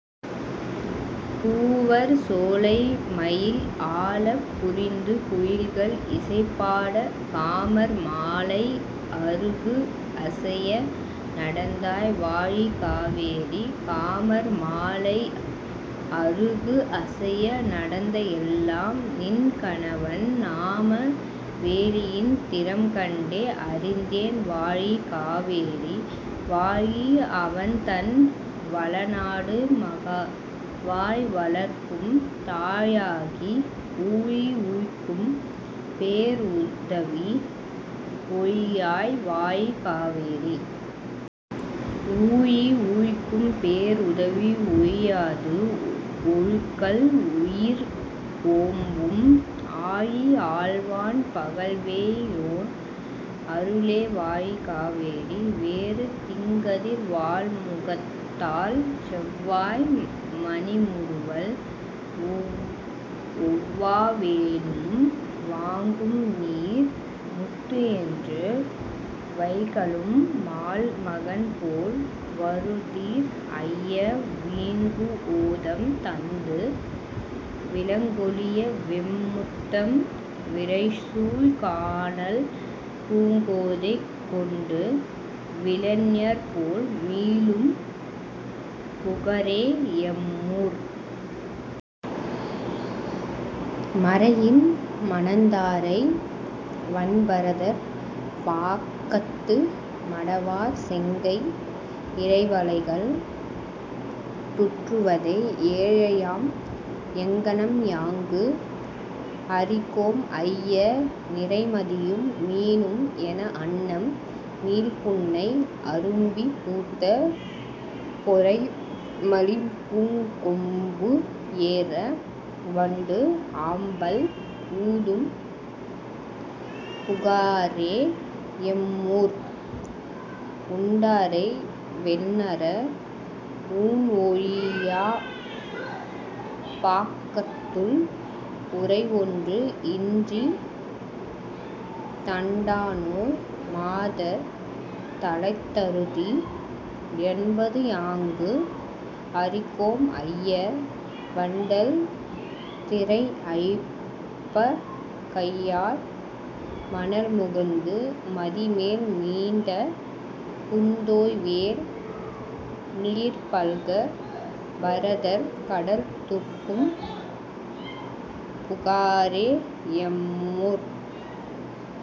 Poor சோலை மயில்ஆலப் புரிந்து குயில்கள் இசைபாடக் காமர் மாலை அருகுஅசைய நடந்தாய் வாழி காவேரி. காமர் மாலை அருகுஅசைய நடந்த எல்லாம் நின்கணவன் நாம வேலின் திறம்கண்டே அறிந்தேன் வாழி காவேரி. வாழி அவன்தன் வளநாடு மகவாய் வளர்க்கும் தாய்ஆகி ஊழி உய்க்கும் பேர்உதவி ஒழியாய் வாழி காவேரி. ஊழி உய்க்கும் பேர்உதவி ஒழியாது ஒழுகல் உயிர்ஓம்பும் ஆழி ஆள்வான் பகல்வெய்யோன் அருளே வாழி காவேரி. வேறு தீங்கதிர் வாள்முகத்தாள் செவ்வாய் மணிமுறுவல் ஒவ்வா வேனும் வாங்கும்நீர் முத்துஎன்று வைகலும் மால்மகன்போல் வருதிர் ஐய வீங்குஓதம் தந்து விளங்குஒளிய வெண்முத்தம் விரைசூழ் கானல் பூங்கோதை கொண்டு விலைஞர்போல் மீளும் புகரே எம்மூர். மறையின் மணந்தாரை வன்பரதர் பாக்கத்து மடவார் செங்கை இறைவளைகள் துற்றுவதை ஏழையம் எங்ஙனம்யாங்கு அறிகோம் ஐய நிறைமதியும் மீனும் எனஅன்னம் நீள்புன்னை அரும்பிப் பூத்த பொறைமலிபூங் கொம்புஏற வண்டுஆம்பல் ஊதும் புகாரே எம்மூர். உண்டாரை வெல்நறா ஊண்ஓழியாப் பாக்கத்துள் உறைஒன்று இன்றித் தண்டாநோய் மாதர் தலைத்தருதி என்பதுயாங்கு அறிகோம் ஐய வண்டல் திரைஅழிப்பக் கையால் மணல்முகந்து மதிமேல் நீண்ட புண்தோய்வேல் நீர்பல்க பரதர் கடல்துர்க்கும் புகாரே எம்மூர்.